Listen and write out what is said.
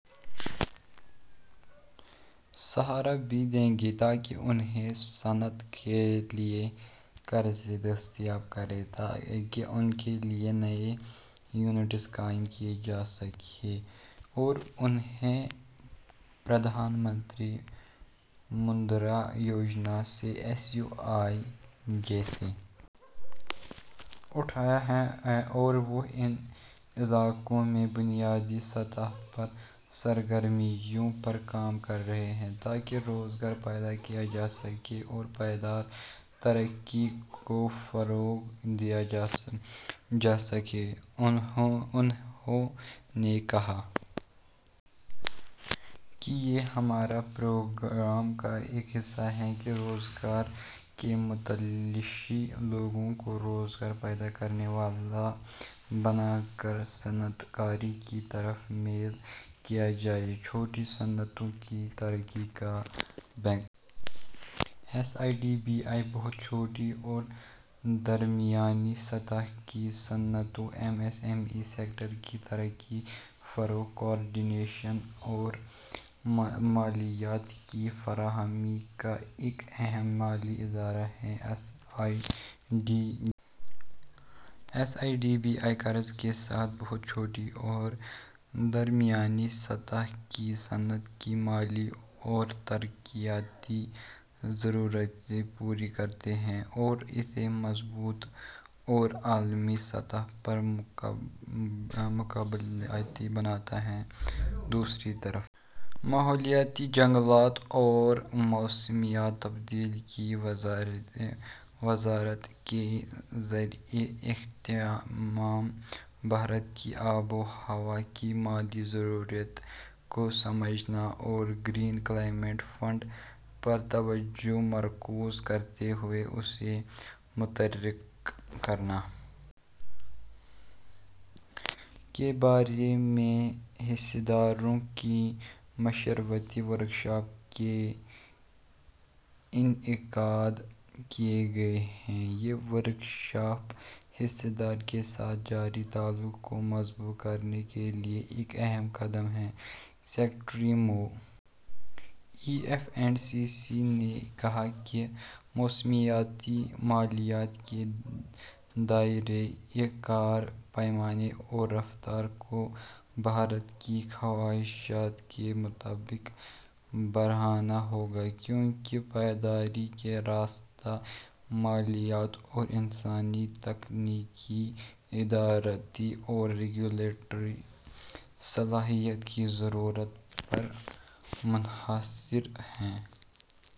سہارا بھی دیں گی تاکہ انہیں صنعت کے لیے قرضے دستیاب کرا کے ان کے لیے نئے یونٹس قائم کیے جا سکیں اور انہیں پردھان منتری مدرا یوجنا اور ایس یو آئی جیسے اٹھایا ہے اور وہ ان علاقوں میں بنیادی سطح پر سرگرمیوں پر کام کر رہا ہے تاکہ روزگار پیدا کیے جا سکیں اور پائیدار ترقی کو فروغ دیا جا سکے انہوں نے کہا کہ یہ ہمارے پروگرام کا ایک حصہ ہے کہ روزگار کے متلاشی لوگوں کو روزگار پیدا کرنے والا بنا کر صنعت کاری کی طرف مائل کیا جائے چھوٹی صنعتوں کی ترقی کا bank S I D B I بہت چھوٹی چھوٹی اور اوسط درجے کی صنعتوں کے سیکٹر کی ترقی فروغ کوآرڈینیشن اور مالیے کی فراہمی کا ایک اہم مالی ادارہ ہے S I D B I قرض کے ساتھ بہت چھوٹی چھوٹی اور اوسط درجے کی صنعت کی مالی اور ترقیاتی ضرورتیں پوری کرتا ہے اور اسے مضبوط اور عالمی سطح پر مقابلہ جاتی بناتا ہے دوسری طرف ماحولیات جنگلات اور موسمیاتی تبدیلی کی وزارت کے زیر اہتمام بھارت کی آب و ہوا کی مالیاتی ضرورتوں کو سمجھنا اور گرین کلائمیٹ فنڈ پر توجہ مرکوز کرتے ہوئے اس کو متحرک کرنا کے بارے میں حصص داروں کی مشاورتی ورکشاپ کا انعقاد کیا گیا ہے یہ ورکشاپ حصص داروں کے ساتھ جاری تعلق کو مضبوط کرنے کے لیے ایک اہم قدم ہے secretary M O E F and C C نے کہا کہ موسمیاتی مالیات کے دائرہ کار پیمانہ اور رفتار کو بھارت کی خواہشات کے مطابق بڑھانا ہوگا کیونکہ پائیداری کا راستہ مالیات اور انسانی تکنیکی ادارہ جاتی اور ریگولیٹری صلاحیت کی ضرورت پر منحصر ہے